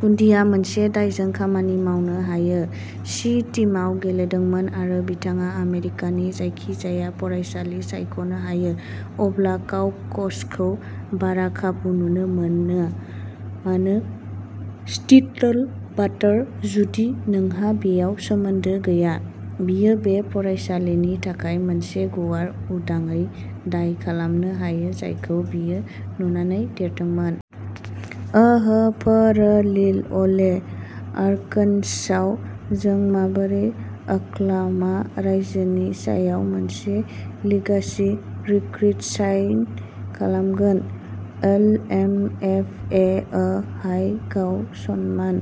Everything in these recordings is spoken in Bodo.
गुन्डिआ मोनसे दायजों खामानि मावनो हायो। सि टीमआव गेलेदोंमोन आरो बिथाङा आमेरिकानि जायखिजाया फरायसालि सायख'नो हायो, अब्ला काउप'क्सखौ बारा खाबु नुनो मोनो। मानो स्टिलवाटार, जुदि नोंहा बैयाव सोमोन्दो गैया? बियो बै फरायसालिनि थाखाय मोनसे गुवार उदाङै दाय खालामनो हायो जायखौ बियो नुनानै देरदोंमोन। अ'ह प'र लिल ओले आर्किन्साव जों माबोरै अक्लाह'मा रायजोनि सायाव मोनसे लिगासि रिक्रिट साइन खालामगोन। एल एम एफ ए अ' हाय गाव सन्मान।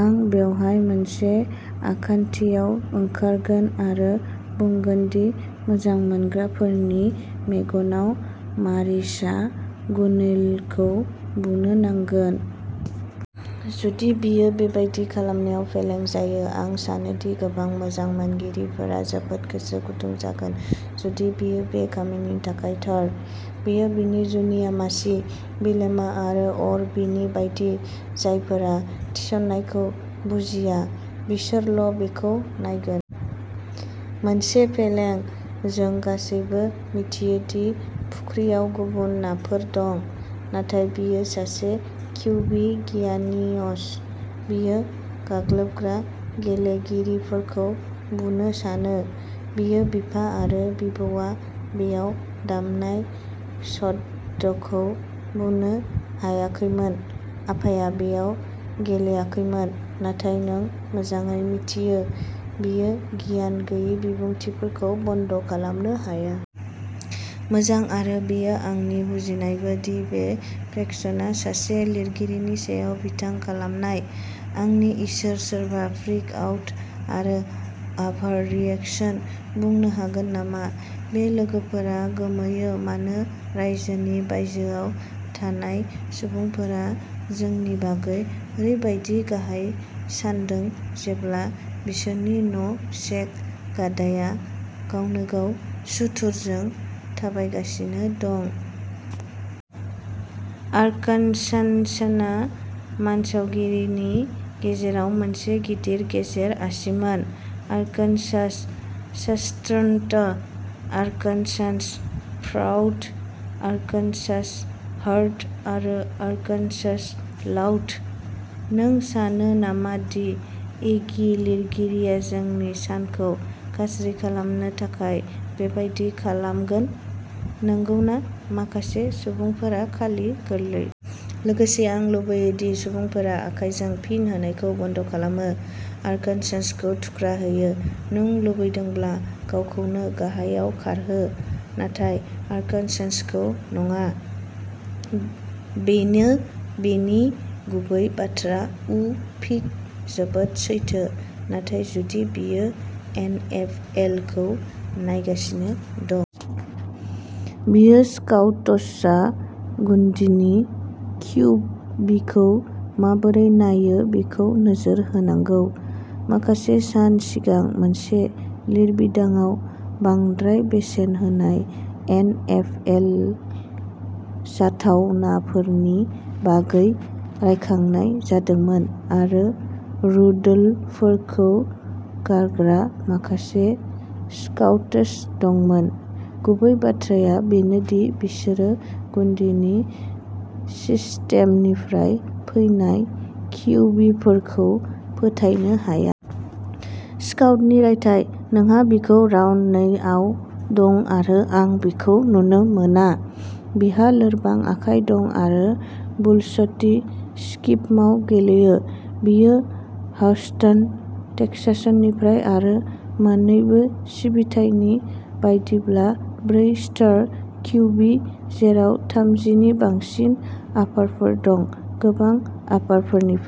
आं बेवहाय मोनसे आखान्थियाव ओंखारगोन आरो बुंगोन दि मोजां मोनग्राफोरनि मेगनाव, मारिसआ गुनेलखौ बुनो नांगोन। जुदि बियो बेबायदि खालामनायाव फेलें जायो, आं सानोदि गोबां मोजां मोनगिरिफोरा जोबोद गोसो गुदुं जागोन जुदि बियो बे खामानिनि थाखाय थार। बेयो बिनि जुनिया मासि, बिलेमा आरो आ्अर बि नि बायदि। जायफोरा थिसननायखौ बुजिया बिसोरल' बेखौ नायगोन। मोनसे फेलें, जों गासैबो मिथियो दि फुख्रियाव गुबुन नाफोर दं। "नाथाय बियो सासे किउबि गियानिअस" "बियो गाग्लोबग्रा गेलेगिरिफोरखौ बुनो सानो" "बियो बिफा आरो बिबौआ बेयाव दामनाय सटड'खौ बुनो हायाखैमोन" आफाया बेयाव गेलेयाखैमोन, नाथाय नों मोजाङै मिथियो, बेयो गियान गैयै बिबुंथिफोरखौ बन्द खालामनो हाया। मोजां, आरो बेयो आंनि बुजिनायबो दि बे प्रेकसनआ सासे लिरगिरिनि सायाव बिथां खालामनाय। आंनि इसोर, सोरबा "फ्रिक आउट" आरो "आभार रिएक्शन" बुंनो हागोन नामा? बे लोगोफोरा गोमोयो मानो रायजोनि बायजोआव थानाय सुबुंफोरा जोंनि बागै ओरैबादि गाहाय सान्दों जेब्ला बिसोरनि न सेक गाधाया गावनोगाव सुथुरजों थाबायगासिनो दं। आर्कान्सान्सआ मानसावगारिनि गेजेराव मोनसे गिदिर गेजेर आसिमोन। Arkansas strong', Arkansas proud, Arkansas hard आरो आर्कान्सास लाउड। नों सानो नामा दि एगि लिरगिरिया जोंनि सानखौ गाज्रि खालामनो थाखाय बेबादि खालामगोन, नंगौना? माखासे सुबुंफोरा खालि गोरलै। लोगोसे आं लुबैयो दि सुबुंफोरा आखायजों फिन होनायखौ बन्द' खालामो। आरकानसासखौ थुख्रा होयो। नों लुबैदोंब्ला गावखौनो गाहायाव खारहो, नाथाय आरकानसासखौ नङा। बेनो बेनि गुबै बाथ्रा उउ पिग जोबोद सैथो, नाथाय जुदि बियो एनएफएलखौ नायगासिनो दं। बियो स्काउट्सआ गुन्डीनि क्यूबीखौ माबोरै नायो बेखौ नोजोर होनांगौ। माखासे सान सिगां मोनसे लिरबिदांआव बांद्राय बेसेन होनाय एनएफएल जाथावनाफोरनि बागै रायखांनाय जादोंमोन आरो रुडलफखौ गारग्रा माखासे स्काउट्स दंमोन। गुबै बाथ्राया बेनो दि बिसोर गुन्डीनि सिस्टेमनिफ्राय फैनाय क्यूबीफोरखौ फोथायनो हाया। स्काउटनि रायथाइः "नोंहा बिखौ राउन्ड नै आव दं आरो आं बेखौ नुनो मोना। बिहा लोरबां आखाइ दं आरो बुल्सटी स्किमाव गेलेयो। बियो होरस्टोन, टेक्सासनिफ्राय आरो मोन्नैबो सिबिथायनि बायदिब्ला ब्रै स्टार क्यूबी, जेराव थामजिनि बांसिन आफारफोर दं, गोबां आफारफोरनिफ्राय।